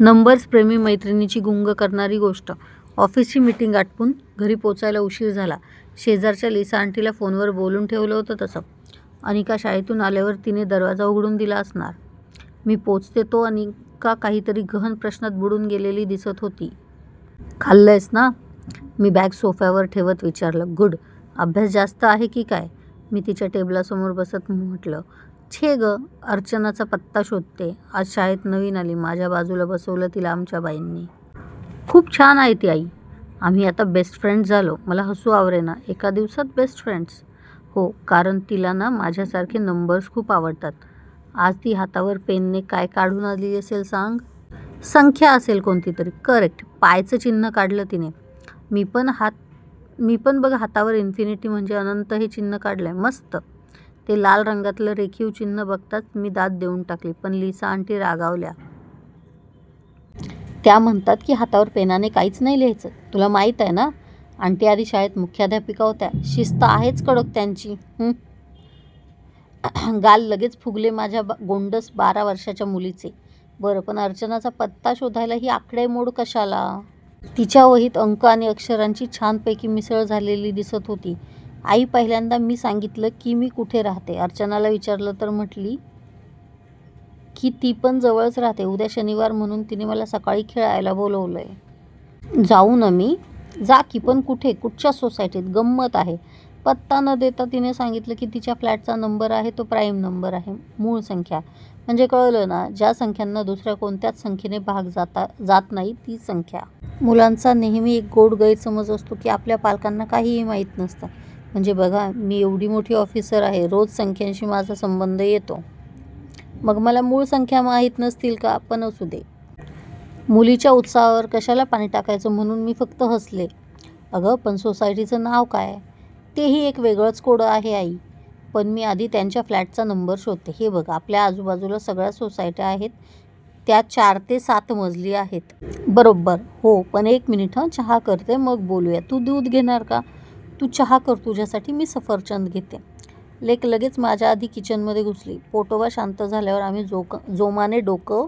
Numbers' प्रेमी मैत्रिणींची गुंग करणारी गोष्ट! ऑफिसची मीटिंग आटपून घरी पोचायला उशीर झाला. शेजारच्या लिसाआंटीला फोनवर बोलून ठेवलं होतं तसं. अनिका शाळेतून आल्यावर तिने दरवाजा उघडून दिला असणार. मी पोचते तो अनिका काहीतरी गहन प्रश्नात बुडून गेलेली दिसत होती. 'खाल्लंयस ना?' मी बॅग सोफ्यावर ठेवत विचारलं. 'गुड. अभ्यास जास्त आहे की काय?' मी तिच्या टेबलासमोर बसत म्हटलं. 'छे गं! अर्चनाचा पत्ता शोधत्येय!' 'आज शाळेत नवीन आली. माझ्या बाजूला बसवलं तिला आमच्या बाईंनी. खूप छान आहे ती, आई. आम्ही आता बेस्ट फ्रेंड्स झालो!' मला हसू आवरेना. 'एका दिवसात बेस्ट फ्रेंड्स?' 'हो. कारण आई, तिला ना माझ्यासारखे नंबर्स खूप आवडतात. आज ती हातावर पेनने काय काढून आली असेल सांग?' 'संख्या असेल कोणती तरी!' 'करेक्ट! पायचं चिन्ह काढलं तिने. मी पण हा बघ हातावर इन्फिनिटी म्हणजे अनंत हे चिन्ह काढलंय.' 'मस्त!' ते लाल रंगातलं रेखीव चिन्ह बघताच मी दाद देऊन टाकली. 'पण लिसाआंटी रागावल्या. त्या म्हणतात की, हातावर पेनाने काही नाही लिहायचं.' 'तुला माहीत आहे ना, आंटी आधी शाळेत मुख्याध्यापिका होत्या. शिस्त आहेच कडक त्यांची.' 'हूं.' गाल लगेच फुगले माझ्या गोंडस बारा वर्षांच्या मुलीचे. 'बरं, पण अर्चनाचा पत्ता शोधायला ही आकडेमोड कशाला?' तिच्या वहीत अंक आणि अक्षरांची छानपैकी मिसळ झालेली दिसत होती. 'आई, पहिल्यांदा मी सांगितलं की मी कुठे राहते ते. अर्चनाला विचारलं, तर म्हणाली की ती पण जवळच राहते. उद्या शनिवार म्हणून तिने मला सकाळी खेळायला बोलावलंय. जाऊ ना मी?' 'जा की. पण कुठे? कुठच्या सोसायटीत?' 'गंमत आहे. पत्ता न देता तिने सांगितलं की तिच्या फ्लॅटचा नंबर आहे तो प्राइम नंबर आहे. मूळ संख्या. म्हणजे कळलं ना? ज्या संख्यांना दुसऱ्या कोणत्याच संख्येने भाग जात नाही त्या संख्या.' मुलांचा नेहमी एक गोड गैरसमज असतो की आपल्या पालकांना काहीही माहीत नसतं. म्हणजे बघा, मी एवढी मोठी ऑफिसर आहे, रोज संख्यांशी माझा संबंध येतो. मग मला मूळ संख्या माहीत नसतील का? पण असू दे. मुलीच्या उत्साहावर कशाला पाणी टाकायचं, म्हणून मी फक्त हसले. 'अगं, पण सोसायटीचं नाव काय?' 'तेही एक वेगळंच कोडं आहे, आई. पण मी आधी त्यांच्या फ्लॅटचा नंबर शोधत्येय. हे बघ आपल्या आजूबाजूला सगळ्या सोसायट्या आहेत त्या चार ते सात मजली आहेत. बरोबर?' 'हो, पण एक मिनिट हं. चहा करते, आणि मग बोलूया. तू दूध घेणार का?' 'तू चहा कर तुझ्यासाठी, मी सफरचंद घेते.' लेक लगेच माझ्याआधी किचनमध्ये घुसली. पोटोबा शांत झाल्यावर आम्ही जोमाने डोकं